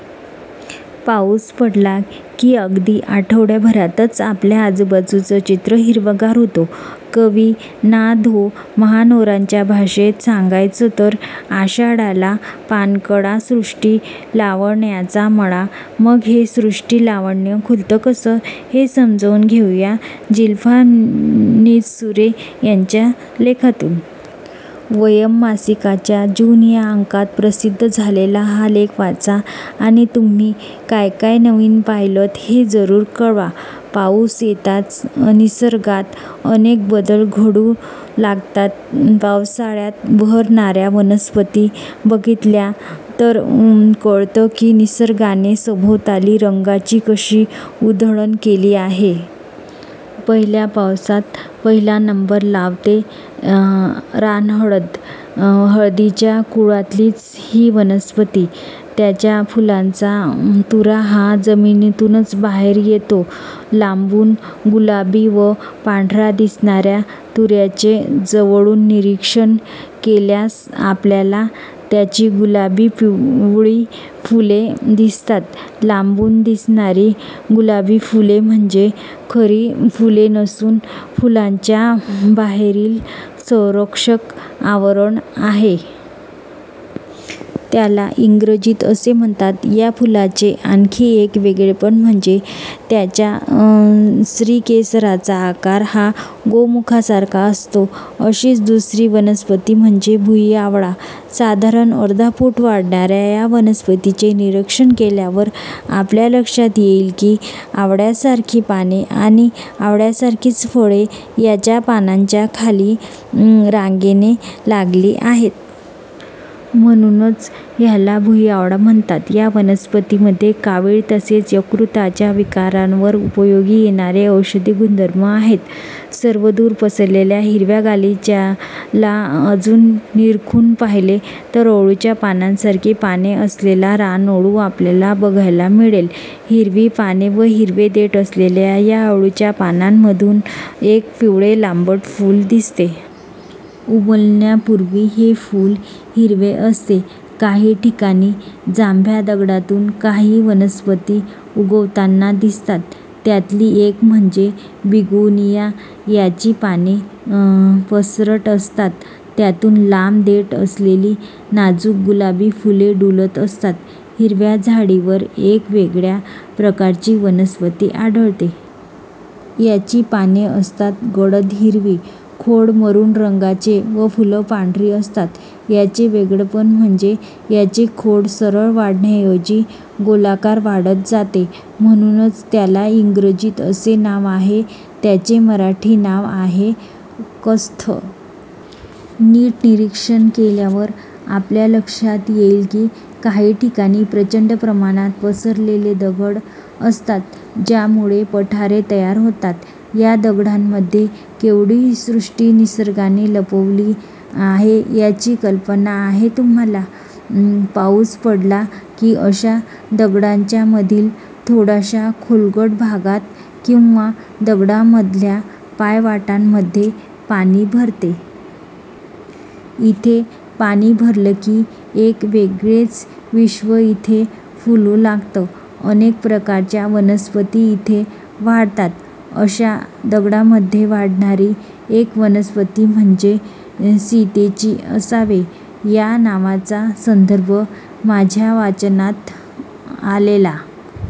पाऊस पडला की अगदी आठवड्याभरातच आपल्या आजूबाजूचं चित्र हिरवंगार होतं. कवी ना. धों. महानोरांच्या भाषेत सांगायचं तर 'आषाढाला पाणकळा, सृष्टी लावण्याचा मळा! ' मग हे सृष्टी लावण्य खुलतं कसं? हे समजून घेऊया जिल्पा निजसुरे यांच्या लेखातून! ''वयम्'' मासिकाच्या जून च्या अंकात प्रसिद्ध झालेला हा लेख वाचा आणि तुम्ही काय काय नवीन पाहिलंत ते जरूर कळवा- पाऊस येताच निसर्गात अनेक बदल घडू लागतात. पावसाळ्यात बहरणाऱ्या वनस्पती बघितल्या तर कळतं की, निसर्गाने सभोवताली रंगांची कशी उधळण केली आहे. पहिल्या पावसात पहिला नंबर लावते रानहळद. हळदीच्या कुळातलीच ही वनस्पती. त्याच्या फुलांचा तुरा हा जमिनीतूनच बाहेर येतो. लांबून गुलाबी व पांढरा दिसणाऱ्या तुऱ्याचे जवळून निरीक्षण केल्यास आपल्याला त्याची गुलाबी-पिवळी फुले दिसतात. लांबून दिसणारी गुलाबी फुले म्हणजे खरी फुले नसून फुलांच्या बाहेरील संरक्षक आवरण आहे. त्याला इंग्रजीत असे म्हणतात. या फुलाचे आणखी एक वेगळेपण म्हणजे त्याच्या स्त्रीकेसराचा आकार हा गोमुखासारखा असतो. अशीच दुसरी वनस्पती म्हणजे भुईआवळा. साधारण अर्धा फूट वाढणाऱ्या या वनस्पतीचे निरीक्षण केल्यावर आपल्या लक्षात येईल की, आवळ्यासारखी पाने आणि आवळ्यासारखीच फळे याच्या पानांच्या खाली रांगेने लागली आहेत. म्हणूनच ह्याला भुईआवळा म्हणतात. या वनस्पतीमध्ये कावीळ तसेच यकृताच्या विकारांवर उपयोगी येणारे औषधी गुणधर्म आहेत. सर्वदूर पसरलेल्या हिरव्या गालिच्याला अजून निरखून पहिले तर अळूच्या पानांसारखी पाने असलेला रानअळू आपल्याला बघायला मिळेल. हिरवी पाने व हिरवे देठ असलेल्या या अळूच्या पानांच्यामधून एक पिवळे लांबट फूल दिसते. उमलण्यापूर्वी हे फूल हिरवे असते. काही ठिकाणी जांभ्या दगडातून काही वनस्पती उगवताना दिसतात. त्यातली एक म्हणजे बिगोनिया. याची पाने पसरट असतात. त्यातून लांब देठ असलेली नाजूक गुलाबी फुले डुलत असतात. हिरव्या झाडीत एक वेगळ्या प्रकारची वनस्पती आढळते. याची पाने असतात गडद हिरवी, खोड मरून रंगाचे व फुले पांढरी असतात. याचे वेगळेपण म्हणजे याचे खोड सरळ वाढण्याऐवजी गोलाकार वाढत जाते. म्हणूनच त्याला इंग्रजीत असे नाव आहे. त्याचे मराठी नाव आहे कस्थ. नीट निरीक्षण केल्यावर आपल्या लक्षात येईल की काही ठिकाणी प्रचंड प्रमाणात पसरलेले दगड असतात, ज्यामुळे पठारे तयार होतात. या दगडांमध्ये केवढी सृष्टी निसर्गाने लपवली आहे याची कल्पना आहे तुम्हांला? पाऊस पडला की अशा दगडांच्यामधील थोड्याशा खोलगट भागात किंवा दगडामधल्या पायवाटांमध्ये पाणी भरते. इथे पाणी भरलं की एक वेगळेच विश्व इथे फुलू लागते. अनेक प्रकारच्या वनस्पती इथे वाढतात. अशा दगडांमध्ये वाढणारी एक वनस्पती म्हणजे सीतेची आसवे'. या नावाचा संदर्भ माझ्या वाचनात आलेला